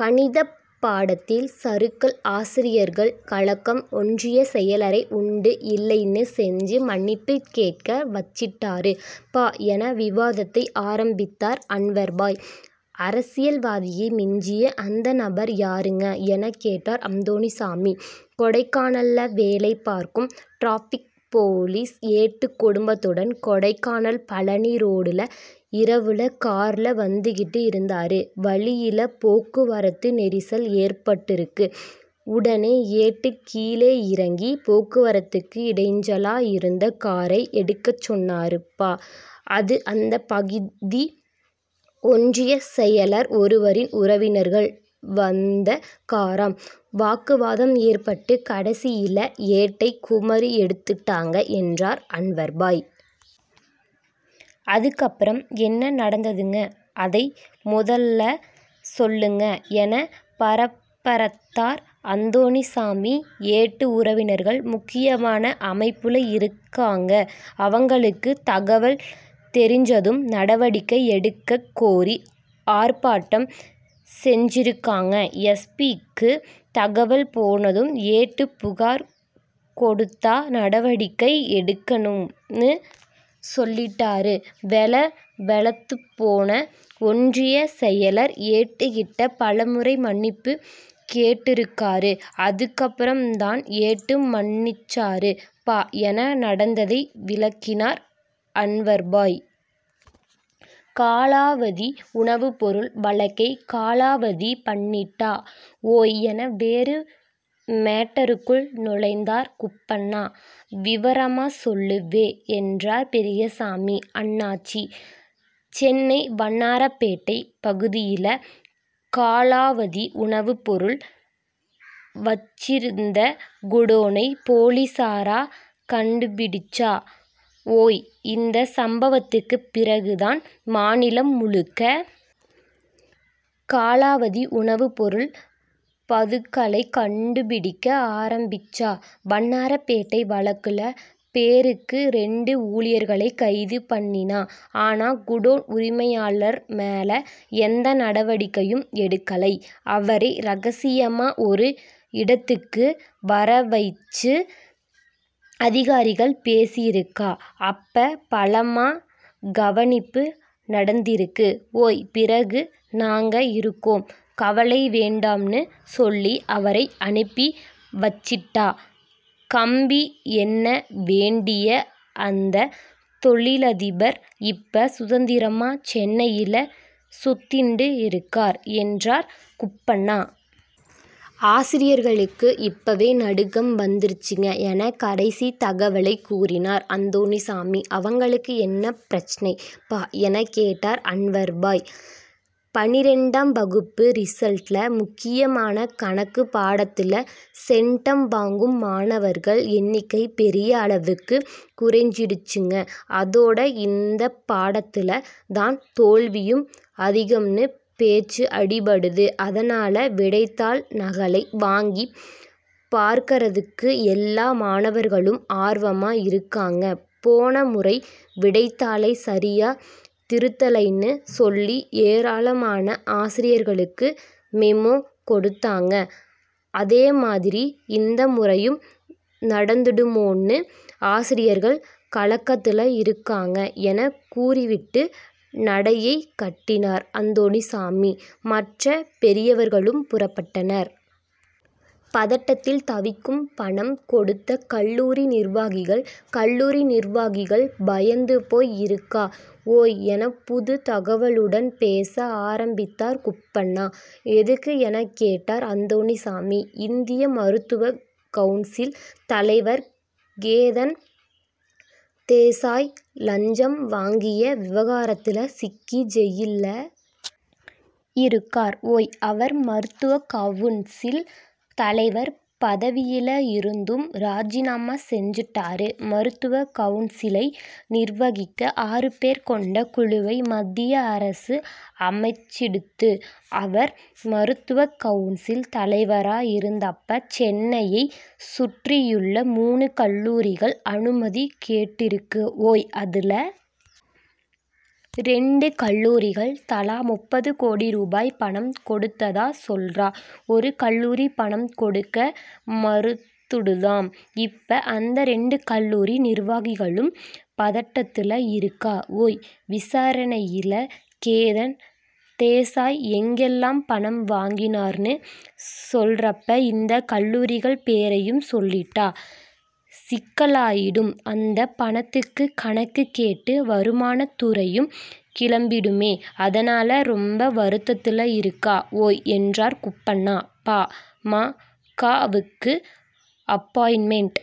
கணிதப் பாடத்தில் சறுக்கல் ஆசிரியர்கள் கலக்கம் ஒன்றியச் செயலரை உண்டு இல்லைன்னு செஞ்சு மன்னிப்பு கேட்க வச்சிட்டாரு பா என விவாதத்தை ஆரம்பித்தார் அன்வர்பாய். அரசியல்வாதியை மிஞ்சிய அந்த நபர் யாருங்க எனக் கேட்டார் அந்தோணிசாமி. கொடைக்கானல்ல வேலை பார்க்கும் டிராபிக் போலீஸ் ஏட்டு குடும்பத்துடன் கொடைக்கானல் பழனி ரோடுல இரவுல கார்ல வந்துகிட்டு இருந்தாரு வழியில போக்குவரத்து நெரிசல் ஏற்பட்டுருக்கு உடனே ஏட்டு கீழே இறங்கி போக்குவரத்துக்கு இடைஞ்சலா இருந்த காரை எடுக்கச் சொன்னாரு பா அது அந்தப் பகுதி ஒன்றியச் செயலர் ஒருவரின் உறவினர்கள் வந்த காராம் வாக்குவாதம் ஏற்பட்டு கடைசியில ஏட்டை குமறி எடுத்துட்டாங்க என்றார் அன்வர்பாய். அதுக்கப்பறம் என்ன நடந்ததுங்க அதை முதல்ல சொல்லுங்க என பரபரத்தார் அந்தோணிசாமி. ஏட்டு உறவினர்கள் முக்கியமான அமைப்புல இருக்காங்க அவங்களுக்கு தகவல் தெரிஞ்சதும் நடவடிக்கை எடுக்கக் கோரி ஆர்ப்பாட்டம் செஞ்சிருக்காங்க எஸ். பி.க்கு தகவல் போனதும் ஏட்டு புகார் கொடுத்தா நடவடிக்கை எடுங்கன்னு சொல்லிட்டாரு வெல வெலத்துப்போன ஒன்றியச் செயலர் ஏட்டுகிட்ட பலமுறை மன்னிப்பு கேட்டுருக்காரு அதுக்கப்பறம் தான் ஏட்டு மன்னிச்சாரு பா என நடந்ததை விளக்கினார் அன்வர்பாய். காலாவதி உணவுப்பொருள் வழக்கை காலாவதி பண்ணிட்டா ஓய் என வேறு மேட்டருக்குள் நுழைந்தார் குப்பண்ணா. விவரமா சொல்லு வே என்றார் பெரியசாமி அண்ணாச்சி. சென்னை வண்ணாரப்பேட்டை பகுதியில காலாவதி உணவுப்பொருள் வைச்சிருந்த குடோனை போலீஸ்காரா கண்டுபிடிச்சா ஓய் இந்த சம்பவத்துக்கு பிறகு தான் மாநிலம் முழுக்க காலாவதி உணவுப்பொருள் பதுக்கலை கண்டுபிடிக்க ஆரம்பிச்சா வண்ணாரப்பேட்டை வழக்குல பேருக்கு ரெண்டு ஊழியர்களை கைது பண்ணினா ஆனா குடோன் உரிமையாளர் மேல எந்த நடவடிக்கையும் எடுக்கலை அவரை ரகசியமா ஒரு இடத்துக்கு வரவைச்சு அதிகாரிகள் பேசியிருக்கா அப்ப பலமா கவனிப்பு நடந்திருக்கு ஓய் பிறகு நாங்க இருக்கோம் கவலை வேண்டாம்னு சொல்லி அவரை அனுப்பி வைச்சிட்டா கம்பி எண்ண வேண்டிய அந்த தொழிலதிபர் இப்ப சுதந்திரமா சென்னையில சுத்திண்டு இருக்கார் என்றார் குப்பண்ணா. ஆசிரியர்களுக்கு இப்பவே நடுக்கம் வந்துருச்சுங்க என கடைசி தகவலை கூறினார் அந்தோணிசாமி. அவங்களுக்கு என்ன பிரச்னை பா எனக் கேட்டார் அன்வர்பாய். பனிரெண்டாம் வகுப்பு ரிசல்ட்ல முக்கியமான கணக்குப் பாடத்துல சென்டம் வாங்கும் மாணவர்கள் எண்ணிக்கை பெரிய அளவுக்கு குறைஞ்சிடுச்சுங்க அதோட இந்தப் பாடத்துல தான் தோல்வியும் அதிகம்னு பேச்சு அடிபடுது அதனால விடைத்தாள் நகலை வாங்கிப் பார்க்கறதுக்கு எல்லா மாணவர்களும் ஆர்வமா இருக்காங்க போன முறை விடைத்தாளை சரியா திருத்தலைன்னு சொல்லி ஏராளமான ஆசிரியர்களுக்கு மெமோ கொடுத்தாங்க அதேமாதிரி இந்த முறையும் நடந்துடுமோன்னு ஆசிரியர்கள் கலக்கத்துல இருக்காங்க என கூறிவிட்டு நடையைக் கட்டினார் அந்தோணிசாமி மற்ற பெரியவர்களும் புறப்பட்டனர். பதட்டத்தில் தவிக்கும் பணம் கொடுத்த கல்லூரி நிர்வாகிகள் கல்லூரி நிர்வாகிகள் பயந்து போய் இருக்கா ஓய் என புது தகவலுடன் பேச ஆரம்பித்தார் குப்பண்ணா. எதுக்கு எனக் கேட்டார் அந்தோணிசாமி. இந்திய மருத்துவக் கவுன்சில் தலைவர் கேதன் தேசாய் லஞ்சம் வாங்கிய விவகாரத்துல சிக்கி ஜெயில்ல இருக்கார் ஓய் அவர் மருத்துவக் கவுன்சில் தலைவர் பதவியில இருந்தும் ராஜினாமா செஞ்சுட்டாரு மருத்துவக் கவுன்சிலை நிர்வகிக்க ஆறு பேர் கொண்ட குழுவை மத்திய அரசு அமைச்சிடுத்து அவர் மருத்துவக் கவுன்சில் தலைவரா இருந்தப்ப சென்னையைச் சுற்றியுள்ள மூணு கல்லூரிகள் அனுமதி கேட்டிருக்கு ஓய் அதுல ரெண்டு கல்லூரிகள் தலா முப்பது கோடி ரூபாய் பணம் கொடுத்ததா சொல்றா ஒரு கல்லூரி பணம் கொடுக்க மறுத்துடுத்தாம் இப்ப அந்த ரெண்டு கல்லூரி நிர்வாகிகளும் பதட்டத்துல இருக்கா ஓய் விசாரணையில கேதன் தேசாய் எங்கெல்லாம் பணம் வாங்கினார்னு சொல்றப்ப இந்த கல்லூரிகள் பேரையும் சொல்லிட்டா சிக்கலாயிடும் அந்தப் பணத்துக்கு கணக்கு கேட்டு வருமானத் துறையும் கிளம்பிடுமே அதனால ரொம்ப வருத்தத்துல இருக்கா ஓய் என்றார் குப்பண்ணா. பா. ம. க.வுக்கு அப்பாயின்மென்ட்